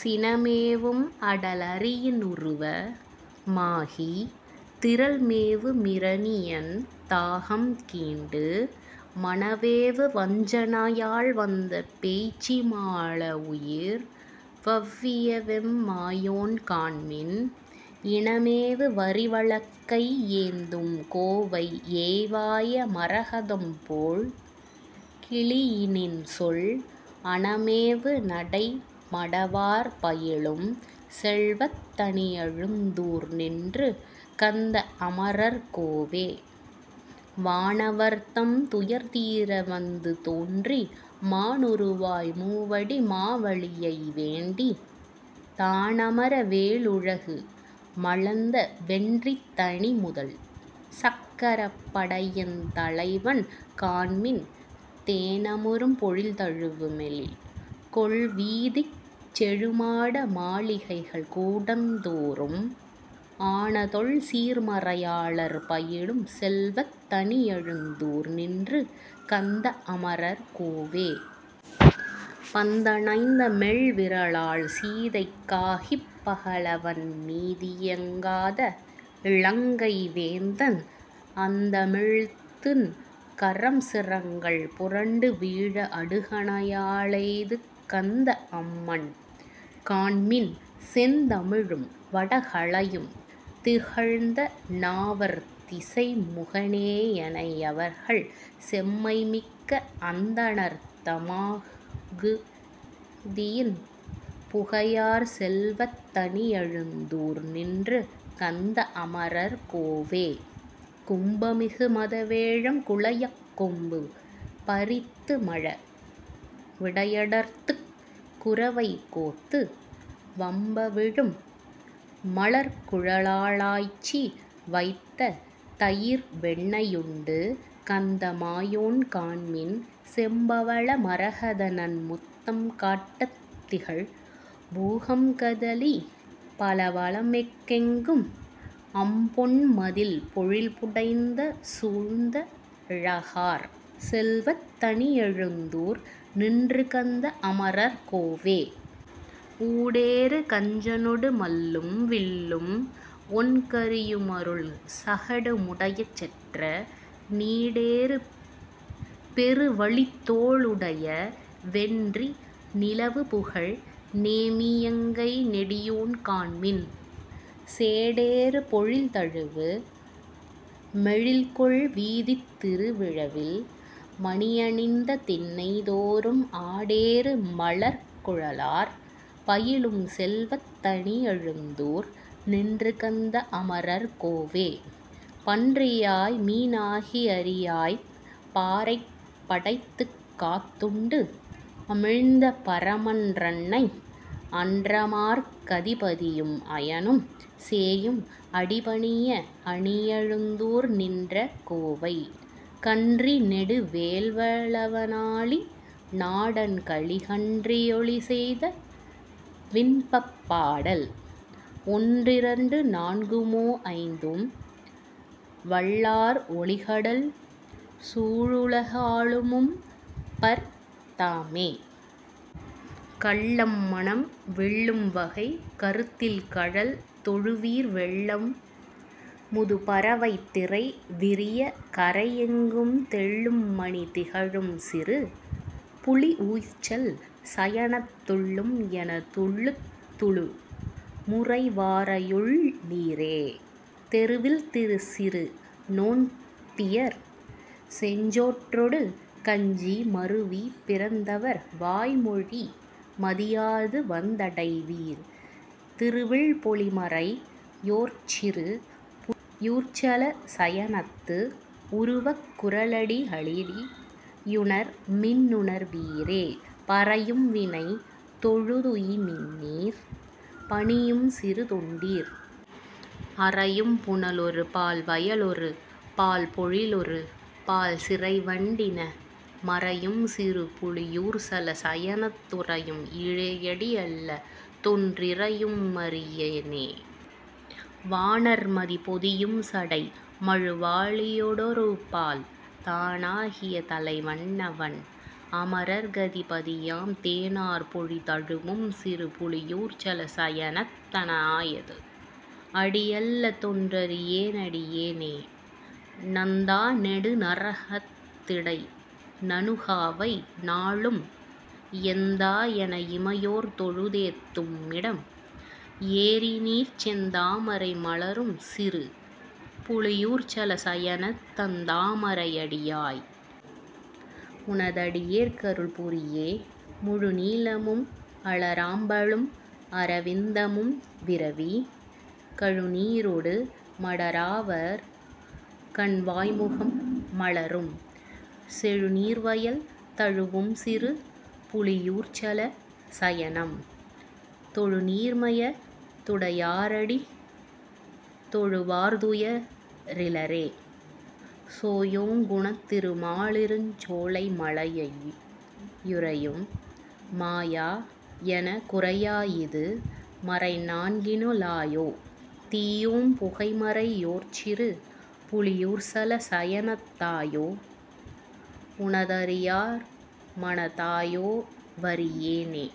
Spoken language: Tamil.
சினமேவும் அடலரியி னுருவ மாகித் திறல்மேவு மிரணியன் தாகம் கீண்டு, மனமேவு வஞ்சனையால் வந்த பேய்ச்சி மாளவுயிர் வவ்வியவெம் மாயோன் காண்மின், இனமேவு வரிவளக்கை யேந்தும் கோவை ஏய்வாய மரகதம்போல் கிளியி னின்சொல், அனமேவு நடைமடவார் பயிலும் செல்வத் தணியழுந்தூர் நின்றுகந்த அமரர் கோவே. வானவர்தம் துயர்தீர வந்து தோன்றி மாணுருவாய் மூவடிமா வலியை வேண்டி, தானமர வேழுலகு மளந்த வென்றித் தனிமுதல்சக் கரப்படையென் தலைவன் காண்மின், தேனமரும் பொழில்தழுவு மெழில்கொள் வீதிச் செழுமாட மாளிகைகள் கூடந் தோறும், ஆனதொல்சீர் மறையாளர் பயிலும் செல்வத் தணியழுந்தூர் நின்றுகந்த அமரர் கோவே. பந்தணைந்த மெல்விரலாள் சீதைக் காகிப் பகலவன்மீ தியங்காத இலங்கை வேந்தன், அந்தமில்திண் கரம்சிரங்கள் புரண்டு வீழ அடுகணையா லெய்துகந்த அம்மான் காண்மின், செந்தமிழும் வடகலையும் திகழ்ந்த நாவர் திசைமுகனே யனையவர்கள் செம்மை மிக்க, அந்தணர்த மாகுதியின் புகையார் செல்வத் தணியழுந்தூர் நின்றுகந்த அமரர் கோவே. கும்பமிகு மதவேழம் குலையக் கொம்பு பறித்துமழ விடையடர்த்துக் குரவை கோத்து, வம்பவிழும் மலர்க்குழலா ளாய்ச்சி வைத்த தயிர்வெண்ணெ யுண்டுகந்த மாயோன் காண்மின், செம்பவள மரகதநன் முத்தம் காட்டத் திகழ்பூகம் கதலிபல வளம்மிக் கெங்கும், அம்பொன்மதிள் பொழில்புடைசூழ்ந் தழகார் செல்வத் தணியழுந்தூர் நின்றுகந்த அமரர் கோவே. ஊடேறு கஞ்சனொடு மல்லும் வில்லும் ஒண்கரியு முருள்சகடு முடையச் செற்ற, நீடேறு பெருவலித்தோ ளுடைய வென்றி நிலவுபுகழ் நேமியங்கை நெடியோன் காண்மின், சேடேறு பொழில்தழுவு மெழில்கொள் வீதித் திருவிழவில் மணியணிந்த திண்ணை தோறும் ஆடேறு மலர்க்குழலார் பயிலும் செல்வத் தணியழுந்தூர் நின்றுகந்த அமரர் கோவே. பன்றியாய் மீனாகி யரியாய்ப் பாரைப் படைத்துக்காத் துண்டுமிழ்ந்த பரமன் றன்னை, அன்றமரர்க் கதிபதியும் அயனும் சேயும் அடிபணிய அணியழுந்தூர் நின்ற கோவை, கன்றிநெடு வேல்வலவ னாலி நாடன் கலிகன்றி யொலிசெய்த வின்பப் பாடல், ஒன்றினொடு நான்குமோ ரைந்தும் வல்லார் ஒலிகடல்சூ ழுலகாளு மும்பர் தாமே.. கள்ளம்மனம் விள்ளும்வகை கருதிக்கழல் தொழுவீர் வெள்ளம்முது பரவைத்திரை விரிய, கரை யெங்கும் தெள்ளும்மணி திகழும்சிறு புலியூர்ச்சல சயனத் துள்ளும், என துள்ளத்துளு முறைவாரையுள் ளீரே. தெருவில்திரி சிறுநோன்பியர் செஞ்சோற்றொடு கஞ்சி மருவி, பிரிந் தவர்வாய்மொழி மதியாதுவந் தடைவீர், திருவில்பொலி மறையோர்ச்சிறு புலியூர்ச்சல சயனத்து, உருவக்குற ளடிகளடி யுணர்மின்னுணர் வீரே. பறையும்வினை தொழுதுய்மின்நீர் பணியும்சிறு தொண்டீர். அறையும்புன லொருபால்வய லொருபால்பொழி லொருபால் சிறைவண்டின மறையும்சிறு புலியூர்ச்சல சயனத் துறையும், இறை யடியல்லதொன் றிறையும்மறி யேனே. வானார்மதி பொதியும்சடை மழுவாளியொ டொருபால், தானாகிய தலைவன்னவன் அமரர்க்கதி பதியாம் தேனார்பொழில் தழுவும்சிறு புலியூர்ச்சல சயனத் தானாயனது, அடியல்லதொன் றறியேனடி யேனே. நந்தாநெடு நரகத்திடை நணுகாவகை, நாளும் எந்தாயென இமையோர்தொழு தேத்தும்மிடம், எறிநீர்ச் செந்தாமரை மலரும்சிறு புலியூர்ச்சல சயனத்து அந்தாமரை யடியாய். உன தடியேற்கருள் புரியே. முழுநீலமும் அலராம்பலும் அரவிந்தமும் விரவி, கழுநீரொடு மடவாரவர் கண்வாய்முகம் மலரும், செழுநீர்வயல் தழுவும்சிறு புலியூர்ச்சல சயனம், தொழுநீர்மைய துடையாரடி தொழுவார்துய ரிலரே. சேயோங்குதண் திருமாலிருஞ் சோலைமலை யுை றயும் மாயா, எனக் குரையாயிது மறைநான்கினு ளாயோ, தீயோம்புகை மறையோர்ச்சிறு புலியூர்ச்சல சயனத் தாயோ, உன தடியார்மனத் தாயோவறி யேனே.